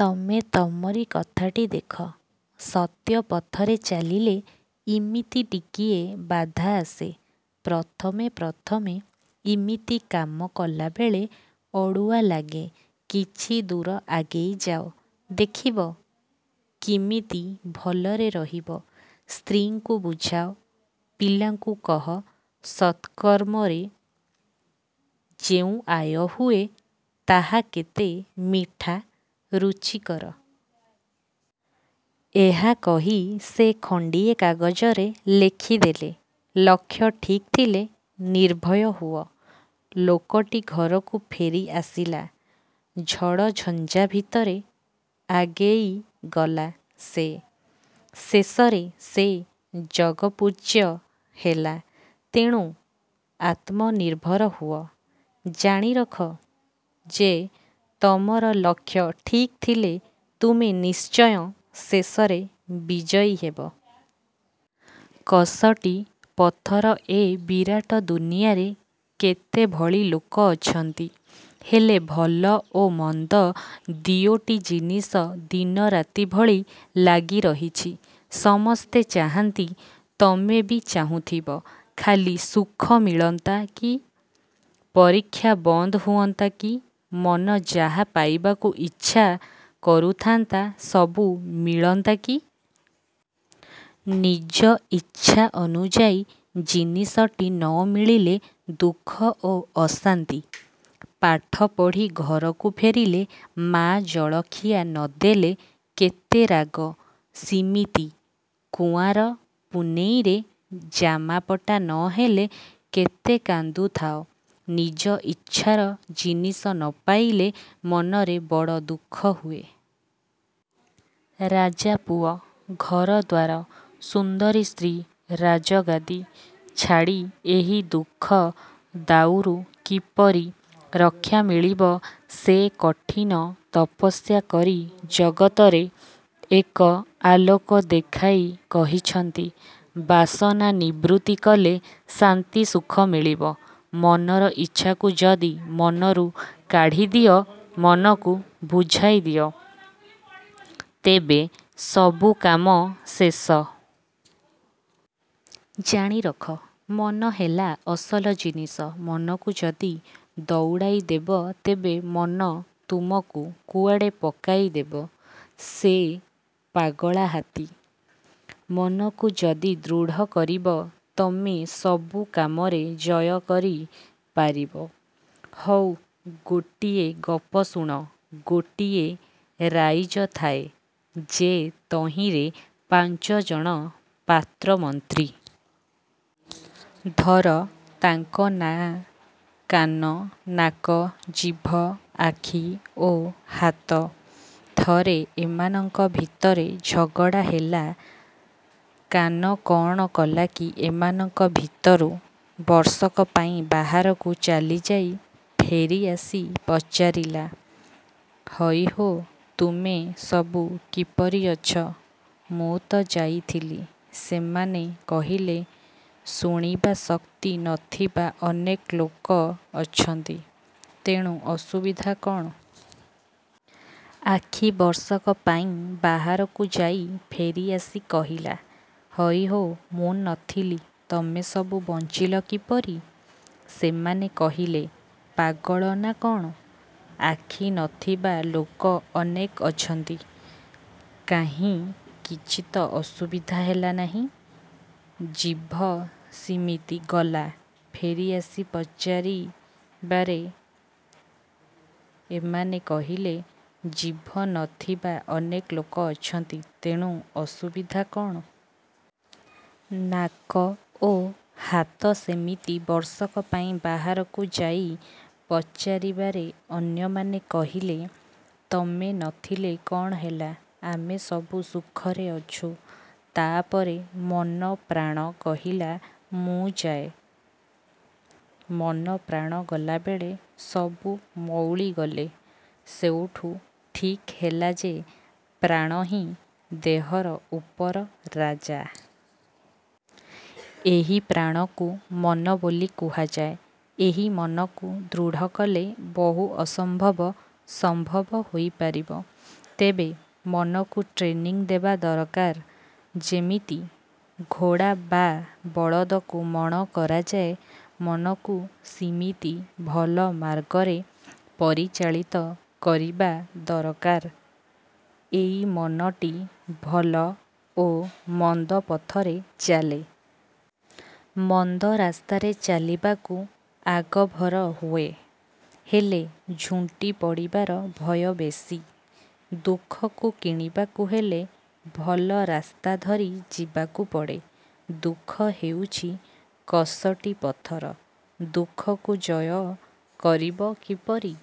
ତମେ ତମରି କଥାଟି ଦେଖ। ସତ୍ୟ ପଥରେ ଚାଲିଲେ ଇମିତି ଟିକିଏ ବାଧା ଆସେ। ପ୍ରଥମେ ପ୍ରଥମେ ଇମିତି କାମ କଲାବେଳେ ଅଡ଼ୁଆ ଲାଗେ। କିଛି ଦୂର ଆଗେଇ ଯାଅ, ଦେଖିବ କିମିତି ଭଲରେ ରହିବ। ସ୍ତ୍ରୀଙ୍କୁ ବୁଝାଅ, ପିଲାଙ୍କୁ କହ-ସତ୍କର୍ମରେ ଯେଉଁ ଆୟ ହୁଏ ତାହା କେତେ ମିଠା, ରୁଚିକର। '' ଏହା କହି ସେ ଖଣ୍ତିଏ କାଗଜରେ ଲେଖିଦେଲେ-'ଲକ୍ଷ୍ୟ ଠିକ୍ ଥିଲେ ନିର୍ଭୟ ହୁଅ'। ଲୋକଟି ଘରକୁ ଫେରିଆସିଲା। ଝଡ଼ଝଞ୍ଜା ଭିତରେ ଆଗେଇଗଲା ସେ। ଶେଷରେ ସେ ଜଗତ୍ପୂଜ୍ୟ ହେଲା। ତେଣୁ ଆତ୍ମନିର୍ଭର ହୁଅ। ଜାଣିରଖ ଯେ ତମର ଲକ୍ଷ୍ୟ ଠିକ୍ ଥିଲେ ତୁମେ ନିଶ୍ଚୟ ଶେଷରେ ବିଜୟୀ ହେବ। କଷଟି ପଥର ଏ ବିରାଟ ଦୁନିଆରେ କେତେଭଳି ଲୋକ ଅଛନ୍ତି। ହେଲେ ଭଲ ଓ ମନ୍ଦ ଦିଓଟି ଜିନିଷ ଦିନରାତି ଭଳି ଲାଗି ରହିଛି। ସମସ୍ତେ ଚାହାନ୍ତି, ତମେ ବି ଚାହୁଁଥିବ, ଖାଲି ସୁଖ ମିଳନ୍ତା କି? ପରୀକ୍ଷା ବନ୍ଦ ହୁଅନ୍ତା କି? ମନ ଯାହା ପାଇବାକୁ ଇଚ୍ଛା କରୁଥାନ୍ତା, ସବୁ ମିଳନ୍ତା କି? ନିଜ ଇଚ୍ଛା ଅନୁଯାୟୀ ଜିନିଷଟି ନ ମିଳିଲେ ଦୁଃଖ ଓ ଅଶାନ୍ତି। ପାଠ ପଢ଼ି ଘରକୁ ଫେରିଲେ ମାଆ ଜଳଖିଆ ନଦେଲେ କେତେ ରାଗ। ସିମିତି କୁଆଁର ପୁନେଇଁରେ ଜାମାପଟା ନହେଲେ କେତେ କାନ୍ଦୁଥାଅ, ନିଜ ଇଚ୍ଛାର ଜିନିଷ ନ ପାଇଲେ ମନରେ ବଡ଼ ଦୁଃଖ ହୁଏ। ରଜାପୁଅ, ଘରଦ୍ୱାର, ସୁନ୍ଦରୀ ସ୍ତ୍ରୀ, ରାଜଗାଦି ଛାଡ଼ି ଏହି ଦୁଃଖ ଦାଉରୁ କିପରି ରକ୍ଷା ମିଳିବ, ସେ କଠିନ ତପସ୍ୟା କରି ଜଗତରେ ଏକ ଆଲୋକ ଦେଖାଇ କହିଛନ୍ତି-ବାସନା ନିବୃତ୍ତି କଲେ ଶାନ୍ତି, ସୁଖ, ମିଳିବ। ମନର ଇଚ୍ଛାକୁ ଯଦି ମନରୁ କାଢ଼ିଦିଅ, ମନକୁ ବୁଝାଇ ଦିଅ, ତେବେ ସବୁକାମ ଶେଷ। ଜାଣିରଖ 'ମନ' ହେଲା ଅସଲ ଜିନିଷ। ମନକୁ ଯଦି ଦଉଡ଼ାଇ ଦେବ ତେବେ ମନ ତୁମକୁ କୁଆଡ଼େ ପକାଇ ଦେବ-ସେ ପାଗଳା ହାତୀ। ମନକୁ ଯଦି ଦୃଢ଼ କରିବ ତମେ ସବୁ କାମରେ ଜୟ କରି ପାରିବ। ହଉ ଗୋଟିଏ ଗପ ଶୁଣ। ଗୋଟିଏ ରାଇଜ ଥାଏ ଯେ ତହିଁରେ ପାଞ୍ଚଜଣ ପାତ୍ରମନ୍ତ୍ରୀ। ଧର ତାଙ୍କ ନାଁ କାନ, ନାକ, ଜିଭ, ଆଖି ଓ ହାତ। ଥରେ ଏମାନଙ୍କ ଭିତରେ ଝଗଡ଼ା ହେଲା। କାନ କ'ଣ କଲାକି ଏମାନଙ୍କ ଭିତରୁ ବର୍ଷକ ପାଇଁ ବାହାରକୁ ଚାଲିଯାଇ ଫେରିଆସି ପଚାରିଲା-''ହଇହୋ, ତମେ ସବୁ କିପରି ଅଛ? ମୁଁ ତ ଯାଇଥିଲି। '' ସେମାନେ କହିଲେ, ''ଶୁଣିବା ଶକ୍ତି ନଥିବା ଅନେକ ଲୋକ ଅଛନ୍ତି, ତେଣୁ ଅସୁବିଧା କ'ଣ? '' ଆଖି ବର୍ଷକ ପାଇଁ ବାହାରକୁ ଯାଇ ଫେରିଆସି କହିଲା-''ହଇ ହୋ, ମୁଁ ନଥିଲି, ତମେସବୁ ବଞ୍ଚିଲ କିପରି? '' ସେମାନେ କହିଲେ-''ପାଗଳ ନା କ'ଣ? ଆଖି ନଥିବା ଲୋକ ଅନେକ ଅଛନ୍ତି। କାହିଁ କିଛିତ ଅସୁବିଧା ହେଲା ନାହିଁ। '' ଜିଭ ସିମିତି ଗଲା, ଫେରିଆସି ପଚାରିବାରେ ଏମାନେ କହିଲେ, ''ଜିଭ ନଥିବା ଅନେକ ଲୋକ ଅଛନ୍ତି, ତେଣୁ ଅସୁବିଧା କ'ଣ? '' ନାକ ଓ ହାତ ସେମିତି ବର୍ଷକ ପାଇଁ ବାହାରକୁ ଯାଇ ପଚାରିବାରେ ଅନ୍ୟମାନେ କହିଲେ-''ତମେ ନ ଥିଲେ କ'ଣ ହେଲା, ଆମେସବୁ ସୁଖରେ ଅଛୁଁ-। '' ତା'ପରେ ମନ-ପ୍ରାଣ କହିଲା ମୁଁ ଯାଏଁ। ମନ-ପ୍ରାଣ ଗଲାବେଳେ ସବୁ ମଉଳିଗଲେ। ସେଇଠୁ ଠିକ୍ ହେଲା ଯେ ପ୍ରାଣ ହିଁ ଦେହ ଉପରେ ରାଜା। ଏହି ପ୍ରାଣକୁ ମନ ବୋଲି କୁହାଯାଏ। ଏହି ମନକୁ ଦୃଢ଼ କଲେ ବହୁ ଅସମ୍ଭବ ସମ୍ଭବ ହୋଇପାରିବ। ତେବେ ମନକୁ ଟ୍ରେନିଂ ଦେବା ଦରକାର। ଯେମିତି ଘୋଡ଼ା ବା ବଳଦକୁ ମଣ କରାଯାଏ, ମନକୁ ସିମିତି ଭଲ ମାର୍ଗରେ ପରିଚାଳିତ କରିବା ଦରକାର। ଏଇ ମନଟି ଭଲ ଓ ମନ୍ଦ ପଥରେ ଚାଲେ। ମନ୍ଦ ରାସ୍ତାରେ ଚାଲିବାକୁ ଆଗଭର ହୁଏ। ହେଲେ ଝୁଣ୍ଟିପଡ଼ିବାର ଭୟ ବେଶି। ଦୁଃଖକୁ କିଣିବାକୁ ହେଲେ ଭଲ ରାସ୍ତାଧରି ଯିବାକୁ ପଡ଼େ। ଦୁଃଖ ହେଉଛି କଷଟି ପଥର। ଦୁଃଖକୁ ଜୟ କରିବ କିପରି?